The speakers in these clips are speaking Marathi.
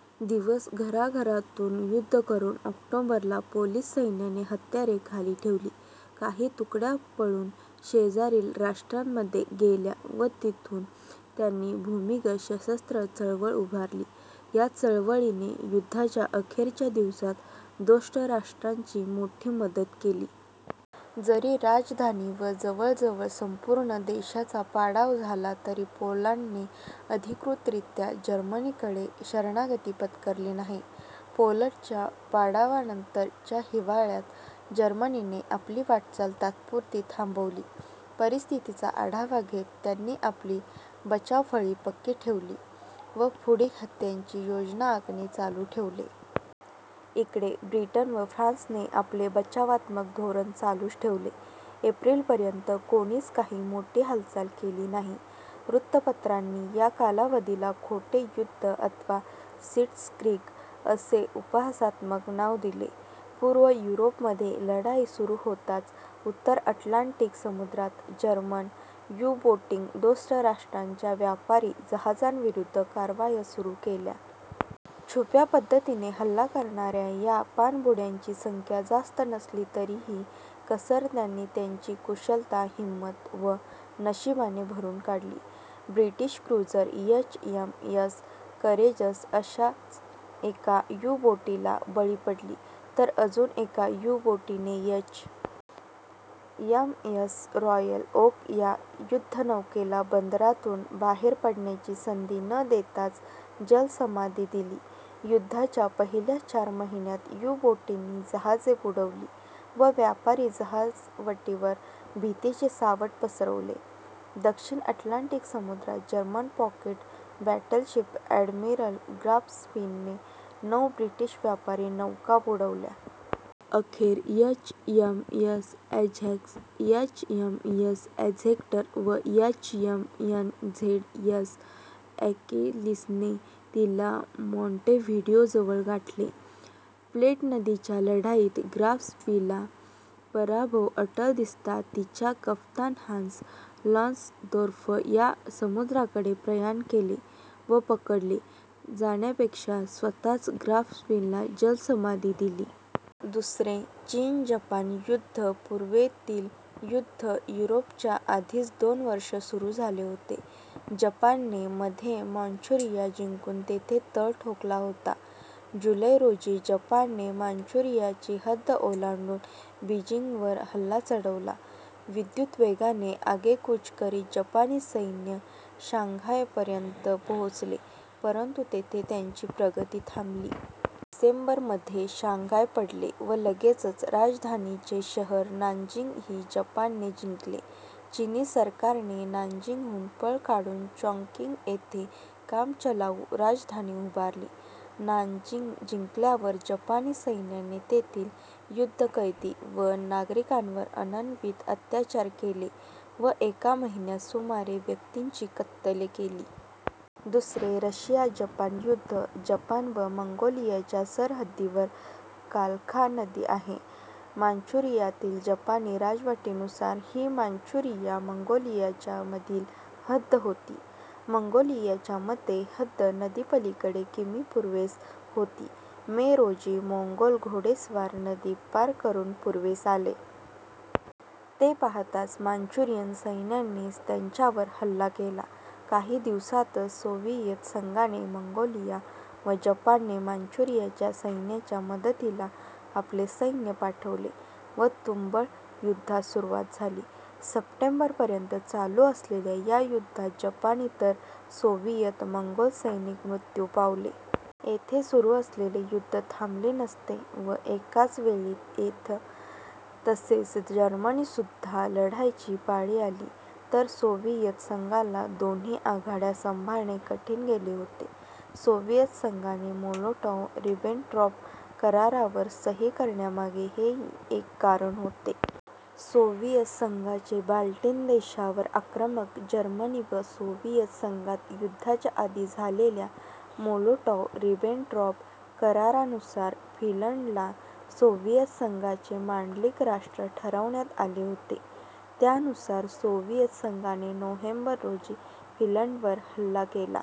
- दिवस घराघरातून युद्ध करून ऑक्टोबर ला पोलिश सैन्याने हत्यारे खाली ठेवली. काही तुकड्या पळून शेजारील राष्ट्रांमध्ये गेल्या व तेथून त्यांनी भूमिगत सशस्त्र चळवळ उभारली. या चळवळीने युद्धाच्या अखेरच्या दिवसांत दोस्त राष्ट्रांची मोठी मदत केली. जरी राजधानी व जवळजवळ संपूर्ण देशाचा पाडाव झाला तरी पोलंडने अधिकृतरीत्या जर्मनीकडे शरणागती पत्करली नाही. पोलंडच्या पाडावानंतर च्या हिवाळ्यात जर्मनीने आपली वाटचाल तात्पुरती थांबवली. परिस्थितीचा आढावा घेत त्यांनी आपली बचावफळी पक्की केली व पुढील हल्ल्यांची योजना आखणे चालू ठेवले. इकडे ब्रिटन व फ्रान्सने आपले बचावात्मक धोरण चालूच ठेवले. एप्रिल पर्यंत कोणीच काही मोठी हालचाल केली नाही. वृत्तपत्रांनी या कालावधीला खोटे युद्ध अथवा सिट्झक्रीग असे उपहासात्मक नाव दिले. पूर्व युरोपमध्ये लढाई सुरू होताच उत्तर अटलांटिक समु्द्रात जर्मन यु-बोटींनी दोस्त राष्ट्रांच्या व्यापारी जहाजांविरुद्ध कारवाया सुरू केल्या. छुप्या पद्धतीने हल्ला करणाऱ्या या पाणबुड्यांची संख्या जास्त नसली तरी ही कसर त्यांनी त्यांची कुशलता, हिंमत व नशीबाने भरून काढली. British cruiser H. M. S. Courageous अशाच एका यु-बोटीला बळी पडली तर अजून एका यु-बोटीने H. M. S. Royal Oak या युद्धनौकेला बंदरातून बाहेर पडण्याची संधी न देताच जलसमाधी दिली. युद्धाच्या पहिल्या चार महिन्यात यु-बोटींनी जहाजे बुडवली व व्यापारी जहाजवटीवर भीतीचे सावट पसरवले. दक्षिण अटलांटिक समुद्रात German pocket battleship admiral Graf स्पीने नऊ ब्रिटिश व्यापारी नौका बुडवल्या. अखेर H. M. S. Ajax, H. M. S. Exeter व H. M. N. Z. S. Achilles ने तिला मॉॅंटेव्हिडियोजवळ गाठले. प्लेट नदीच्या लढाईत ग्राफ स्पीला पराभव अटळ दिसता तिच्या कप्तान हान्स लांग्सदोर्फ याने समुद्राकडे प्रयाण केले व पकडले जाण्यापेक्षा स्वतःच ग्राफ स्पीला जलसमाधी दिली. दुसरे चीन-जपान युद्ध पूर्वेतील युद्ध युरोपच्या आधीच दोन वर्षे सुरू झाले होते. जपानने मध्ये मांचुरिया जिंकून तेथे तळ ठोकलेला होता. जुलै, रोजी जपानने मांचुरियाची हद्द ओलांडून बिजींगवर हल्ला चढवला. विद्युतवेगाने आगेकूच करीत जपानी सैन्य शांघायपर्यंत पोचले परंतु तेथे त्यांची प्रगती थांबली. डिसेंबर मध्ये शांघाय पडले व लगेचच राजधानीचे शहर नानजिंग ही जपानने जिंकले. चीनी सरकारने नानजिंगहून पळ काढून चॉॅंगकिंग येथे कामचलाऊ राजधानी उभारली. नानजिंग जिंकल्यावर जपानी सैन्याने तेथील युद्धकैदी व नागरिकांवर अनन्वित अत्याचार केले व एका महिन्यात सुमारे व्यक्तींची कत्तल केली. दुसरे रशिया-जपान युद्ध जपान व मंगोलियाच्या सरहद्दीवर खाल्का नदी आहे. मांचुरियातील जपानी राजवटीनुसार ही मांचुरिया-मंगोलियाच्यामधील हद्द होती. मंगोलियाच्या मते हद्द नदीपलीकडे किमी पूर्वेस होती. मे, रोजी मोंगोल घोडेस्वार नदी पार करून पूर्वेस आले. ते पाहताच मांचुरियन सैन्याने त्यांच्यावर हल्ला केला. काही दिवसातच सोव्हिएत संघाने मंगोलिया व जपानने मांचुरियाच्या सैन्याच्या मदतीला आपले सैन्य पाठवले व तुंबळ युद्धास सुरुवात झाली. सप्टेंबरपर्यंत चालू असलेल्या या युद्धात जपानी तर सोव्हिएत-मंगोल सैनिक मृत्यू पावले. येथे सुरू असलेले युद्ध थांबले नसते व एकाच वेळी येथ तसेच जर्मनीशीसुद्धा लढायची पाळी आली तर सोव्हिएत संघाला दोन्ही आघाड्या संभाळणे कठीण गेले होते. सोव्हिएत संघाने मोलोटॉव्ह-रिबेनट्रॉप करारावर सही करण्यामागे हेही एक कारण होते. सोव्हिएत संघाचे बाल्टिक देशांवर आक्रमण जर्मनी व सोव्हिएत संघात युद्धाच्या आधी झालेल्या मोलोटॉव्ह-रिबेनट्रॉप करारानुसार फिनलंडला सोव्हिएत संघाचे मांडलिक राष्ट्र ठरवण्यात आले होते. त्यानुसार सोव्हिएत संघाने नोव्हेंबर, रोजी फिनलंडवर हल्ला केला.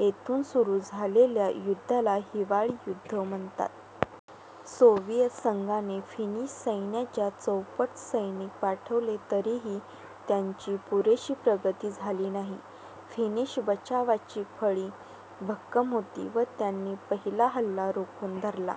येथून सुरू झालेल्या युद्धाला हिवाळी युद्ध म्हणतात. सोव्हिएत संघाने फिनिश सैन्याच्या चौपट सैनिक पाठवले तरीही त्यांची पुरेशी प्रगती झाली नाही. फिनिश बचावाची फळी भक्कम होती व त्यांनी पहिला हल्ला रोखून धरला.